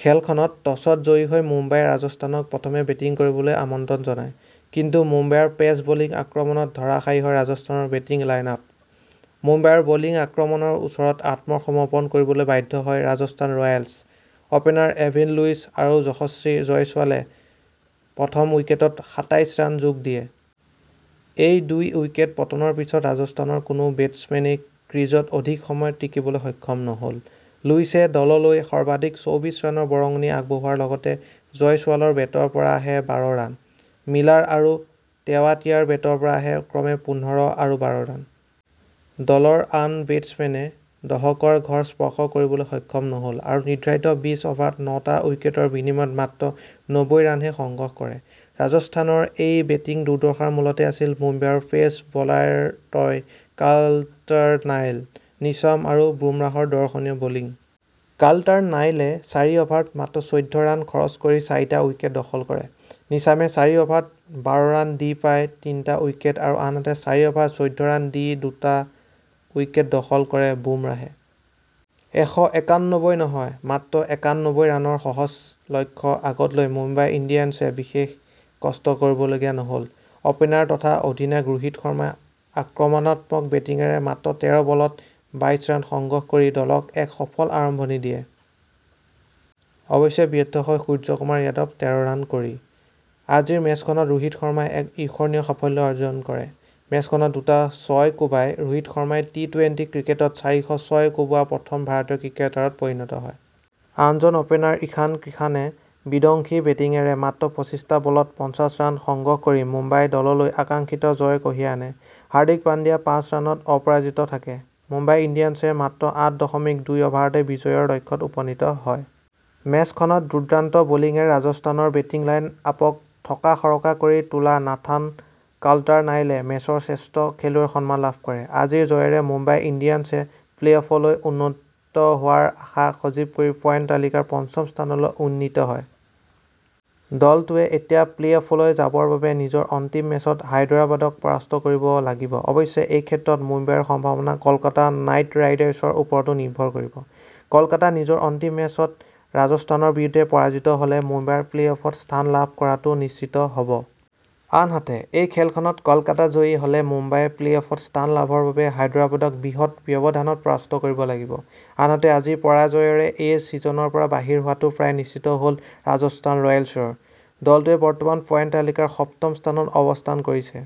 খেলখনত টছত জয়ী হৈ মুম্বায়ে ৰাজস্থানক প্ৰথমে বেটিং কৰিবলৈ আমন্ত্ৰণ জনায়। কিন্তু মুম্বাইৰ পেচ বলিং আক্ৰমণত ধৰাশায়ী হয় ৰাজস্থানৰ বেটিং লাইন-আপ। মুম্বাইৰ বলিং আক্ৰমণৰ ওচৰত আত্মসমৰ্পণ কৰিবলৈ বাধ্য হয় Rajasthan Royals. Opener Evin Lewis আৰু যশস্বী জয়ছোৱালে প্ৰথম উইকেটত সাতাইশ ৰান যোগ দিয়ে। এই দুই উইকেট পতনৰ পিছত ৰাজস্থানৰ কোনো বেটচমেনেই ক্ৰীজত অধিক সময় টিকিবলৈ সক্ষম নহ'ল। লুইছে দললৈ সৰ্বাধিক চৌব্বিশ ৰানৰ বৰঙণি আগবঢ়োৱাৰ লগতে জয়ছোৱালৰ বেটৰ পৰা আহে বাৰ ৰান। মিলাৰ আৰু টেৱাটিয়াৰ বেটৰ পৰা আহে ক্ৰমে পোন্ধৰ আৰু বাৰ ৰান। দলৰ আন বেটচমেনে দহকৰ ঘৰ স্পৰ্শ কৰিবলৈ সক্ষম নহ'ল আৰু নিৰ্ধাৰিত বিছ অভাৰত নটা উইকেটৰ বিনিময়ত মাত্ৰ নব্বৈ ৰানহে সংগ্ৰহ কৰে। ৰাজস্থানৰ এই বেটিং দুৰ্দশাৰ মূলতে আছিল মুম্বাইৰ পেচ বলাৰত্ৰয় কাল্টাৰ-নাইল, নিছাম আৰু বুমৰাহৰ দৰ্শনীয় বলিং। কাল্টাৰ-নাইলে চাৰি অভাৰত মাত্ৰ চৈধ্য ৰান খৰচ কৰি চাৰিটা উইকেট দখল কৰে। নিছামে চাৰি অভাৰত বাৰ ৰান দি পায় তিনিটা উইকেট আৰু আনহাতে চাৰি অভাৰত চৈধ্য ৰান দি দুটা উইকেট দখল কৰে বুমৰাহে। এশ একানব্বৈ নহয়, মাত্ৰ একানব্বৈ ৰানৰ সহজ লক্ষ্য আগত লৈ মুম্বাই ইণ্ডিয়ানছে বিশেষ কষ্ট কৰিবলগীয়া নহ'ল। অপেনাৰ তথা অধিনায়ক ৰোহিত শৰ্মাই আক্ৰমণাত্মক বেটিঙেৰে মাত্ৰ তেৰ বলত বাইশ ৰান সংগ্ৰহ কৰি দলক এক সফল আৰম্ভণি দিয়ে। অৱশ্যে ব্যৰ্থ হয় সূৰ্যকুমাৰ যাদৱ তেৰ ৰান কৰি। আজিৰ মেচখনত ৰোহিত শৰ্মাই এক ঈৰ্ষণীয় সাফল্য অৰ্জন কৰে। মেচখনত দুটা ছয় কোবাই ৰোহিত শৰ্মাই টি-টুৱেন্টি ক্ৰিকেটত চাৰিশ ছয় কোবোৱা প্ৰথম ভাৰতীয় ক্ৰিকেটাৰত পৰিণত হয়। আনজন অপেনাৰ ঈশান কিষাণে বিধ্বংসী বেটিঙেৰে মাত্ৰ পঁচিশটা বলত পঞ্চাশ ৰান সংগ্ৰহ কৰি মুম্বাই দললৈ আকাংক্ষিত জয় কঢ়িয়াই আনে। হাৰ্দিক পাণ্ডিয়া পাঁচ ৰানত অপৰাজিত থাকে। মুম্বাই ইণ্ডিয়ানছে মাত্ৰ আঠ দশমিক দুই অভাৰতে বিজয়ৰ লক্ষ্যত উপনীত হয়। মেচখনত দুৰ্দান্ত বলিঙেৰে ৰাজস্থানৰ বেটিং লাইন-আপক থকাসৰকা কৰি তোলা নাথান কাল্টাৰ-নাইলে মেচৰ শ্ৰেষ্ঠ খেলুৱৈৰ সন্মান লাভ কৰে। আজিৰ জয়েৰে মুম্বাই ইণ্ডিয়ানছে প্লে-অফলৈ উন্নীত হোৱাৰ আশা সজীৱ কৰি পইণ্ট তালিকাৰ পঞ্চম স্থানলৈ উন্নীত হয়। দলটোৱে এতিয়া প্লে-অফলৈ যাবৰ বাবে নিজৰ অন্তিম মেচত হায়দৰাবাদক পৰাস্ত কৰিব লাগিব। অৱশ্যে এইক্ষেত্ৰত মুম্বাইৰ সম্ভাৱনা কলকাতা নাইট ৰাইডাৰ্ছৰ ওপৰতো নিৰ্ভৰ কৰিব। কলকাতা নিজৰ অন্তিম মেচত ৰাজস্থানৰ বিৰুদ্ধে পৰাজিত হ'লে মুম্বাইৰ প্লে-অফত স্থান লাভ কৰাটো নিশ্চিত হ'ব। আনহাতে এই খেলখনত কলকাতা জয়ী হ'লে মুম্বায়ে প্লে-অফত স্থান লাভৰ বাবে হায়দৰাবাদক বৃহৎ ব্যৱধানত পৰাস্ত কৰিব লাগিব। আনহাতে আজিৰ পৰাজয়েৰে এই ছিজনৰ পৰা বাহিৰ হোৱাটো প্ৰায় নিশ্চিত হ'ল ৰাজস্থান ৰয়েলছৰ। দলটোৱে বৰ্তমান পইন্ট তালিকাৰ সপ্তম স্থানত অৱস্থান কৰিছে।